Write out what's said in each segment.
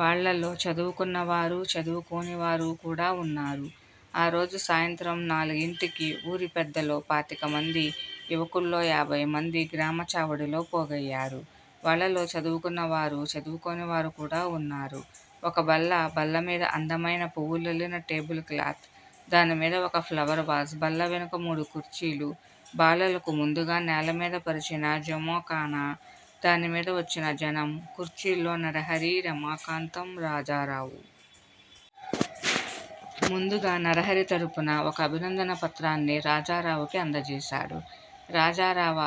వాళ్ళలో చదువుకున్న వారూ, చదువుకోనివారూ, కూడా ఉన్నారు. ఆ రోజు సాయంత్రం నాలుగింటికి _ ఊరి పెద్దలో పాతికమందీ, యువకుల్లో యాభైమందీ గ్రామా చావడిలో పోగయ్యారు. వాళ్ళలో చదువుకున్న వారూ, చదువుకొనివారూ కూడా ఉన్నారు. ఒక బల్ల, బల్లమీద అందమయిన వూవులల్లిన టేబుల్ క్లాట్, దానిమీద ఒక ప్లవర్ వాజ్, బల్లవెనుక మూడు కుర్చీలు బాలలకు ముందుగా నేలమీద పరచిన జమోఅకానా _ దానిమీద వచ్చిన జనం, కుర్చీల్లో నరహరి, రమాకాంతం, రాజారావు. ముందుగా నరహరి తరుపున ఒక అభినందన పత్రాన్ని రాజారావుకి అందజేశాడు. రాజరావా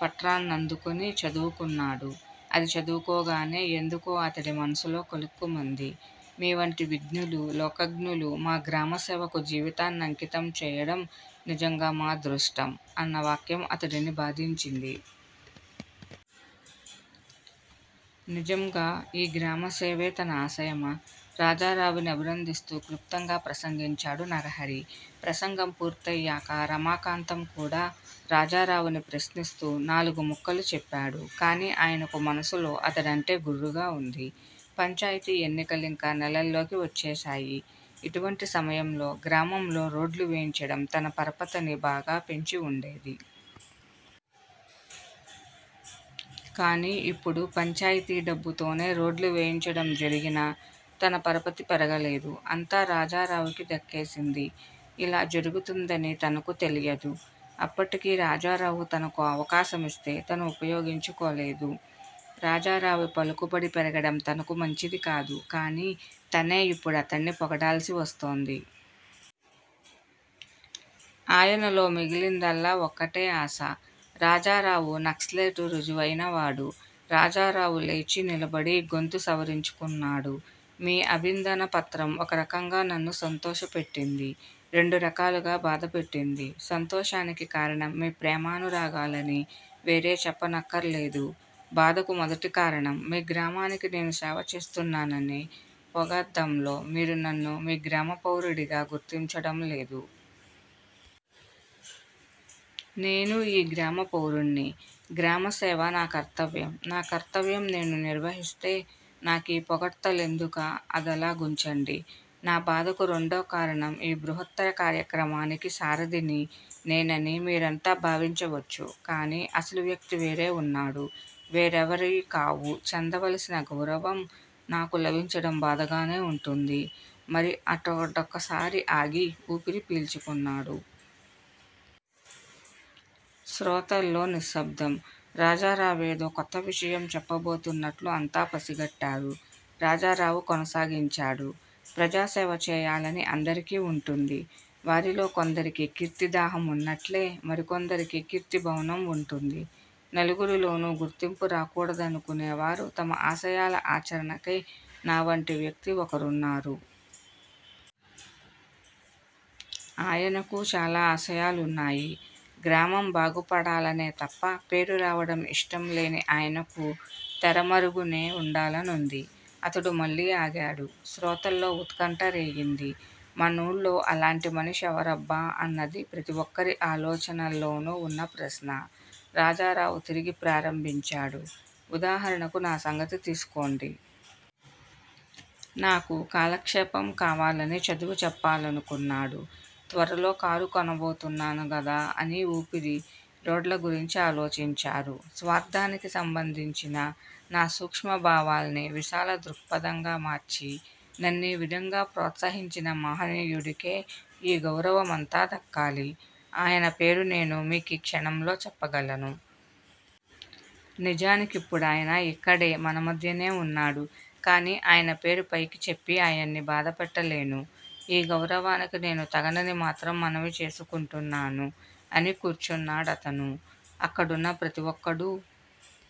పట్రాన్నందుకుని చదువుకున్నాడు. అది చదువుకోగానే ఎందుకో అతడి మనసులో కలుక్కుమంది _ మీ వంటి విజ్ఞులు, లోకజ్ఞులు మా గ్రామసేవకు జీవితాన్నంకితం చేయడం నిజంగా మా అదృష్టం _ అన్న వాక్యం అతడిని బాధించింది. నిజ్మగా ఈ గ్రామసేవే తన ఆశయమా? రాజారావుని అభినందిస్తూ క్లుప్తంగా ప్రసంగించాడు నరహరి. ప్రసంగం పూర్తయ్యాక రమాకాంతం కూడా రాజరావుని ప్రశ్నిస్తూ నాలుగు ముక్కలు చెప్పాడు. కానీ ఆయనకు మనసులో అతడంటే గుర్రుగా వుంది. పంచాయితీ ఎన్నికలింక నేలల్లోకి వచ్చేశాయి. ఇటువంటి సమయంలో గ్రామంలో రోడ్డ్లు వేయించడం తన పరపతని బాగా పెంచి ఉండేది. కానీ యిప్పుడు పంచాయితీ డబ్బుతోనే రోడ్డ్లు వేయించడం జరిగినా _ తన పరపతి పెరగలేదు. అంతా రాజారావుకి దక్కే సింది. ఇలా జరుగుతుందని తనకు తెలియదు. అప్పటికీ రాజారావు తనకో అవకాశమిస్తే తనుపయోగించుకోలేదు. రాజారావు పలుకుబడి పెరగడం తనకు మంచిదికాదు. కానీ తనే ఇప్పుతడ్ని పొగడాల్సి వస్తోంది. ఆయనలో మిగిలిందల్లా ఒక్కటే ఆశ __ రాజారావు నక్సలైటు రుజువుయినవాడు రాజారావు లేచి నిలబడి గొంతు సవరించుకున్నాడు. మీ అభింధన పత్రం ఒక రకంగా నన్ను సంతోషపెట్టింది. రెండు రకాలుగా బాధపెట్టింది. సంతోషానికి కారణం మీ ప్రేమానురాగాలని వేరే చెప్పనక్కర్లేదు బాధకు మొదటి కారణం __ మీ గ్రామానికి నేను సేవ చేస్తున్నానని పోగాద్దంలో మీరు నన్ను మీ గ్రామ పౌరుడిగా గుర్తించడం లేదు. నేనూ ఈ గ్రామ పౌరుడ్ని. గ్రామ సేవ నా కర్తవ్యం. నా కర్తవ్యం నేను నిర్వహిస్తే నాకీ పొగడ్తలెందుక? అదలా గుంచండి. నా బాధకు రెండోకారణం _ ఈ బృహత్తర కార్యక్రమానికి సారధిని నేనని మీరంతా భావించవచ్చు కానీ, అసలు వ్యక్తి వేరే ఉన్నాడు. వేరేవరికావు చెందవలసిన గౌరవం నాకు లభించడం బాధగానే ఉంటుంది మరి అటడోకసారి ఆగి ఊపిరి పీల్చుకున్నాడు. శ్రోతల్లో నిశ్శబ్దం. రాజరావేదో కొత్త విషయం చెప్పబోతున్నట్లు అంతా పసిగట్టారు. రాజారావు కొనసాగించాడు. __ ప్రజాసేవ చేయాలని అందరికీ ఉంటుంది. వారిలో కొందరికి కీర్తి దాహమున్నట్ట్లే, మరి కొందరికి కీర్తిభవనం ఉంటుంది. నలుగురిలోనూ గుర్తింపు రాకూడదనుకునేవారు __ తమ ఆశయాల ఆచరణకై నావంటి వ్యక్తి ఒకరున్నారు. ఆయనకూ చాలా ఆశయాలున్నాయి. గ్రామం బాగుపడాలనే తప్ప, పేరురావడం ఇష్టంలేని ఆయనకు తెరమరుగునే వుండాలనుంది __ అతడు మళ్ళీ ఆగాడు. శ్రోతల్లో ఉత్కంఠ రేగింది. మనూళ్ళో అలాంటి మనిషివరబ్బా అన్నది ప్రతి ఒక్కరి ఆలోచనల్లోనూ ఉన్న ప్రశ్న. రాజరావు తిరిగి ప్రారంభించాడు _ ఉదాహరణకు నా సంగతి తీసుకొండి. నాకు కాలక్షేపం కావాలని చదువుచెప్పాలనుకున్నాడు. త్వరలో కారు కొనబోతున్నాను గదా అని ఊపిరి రోడ్లగురించి ఆలోచించారు. స్వార్ధానికి సంబంధించిన నా సూక్ష్మభావాల్ని __ విశాల దృక్పథంగా మార్చి __ నన్నీవిధంగా ప్రోత్సహించిన మహనీయుడికే ఈ గౌరవమంతా దక్కాలి. అయన పేరు నేను మీకీ క్షణంలో చెప్పగలను. నిజాని కిప్పుడాయన యిక్కడే, మన మధ్యనే ఉన్నాడు. కానీ అయన పేరు పైకి చెప్పి, ఆయన్ను బాధపెట్టలేను. ఈ గౌరవానికి నేను తగనని మాత్రం మనవి చేసుకుంటున్నాను __ అని కూర్చోన్నాడతను. అక్కడున్న ప్రతి ఒక్కడూ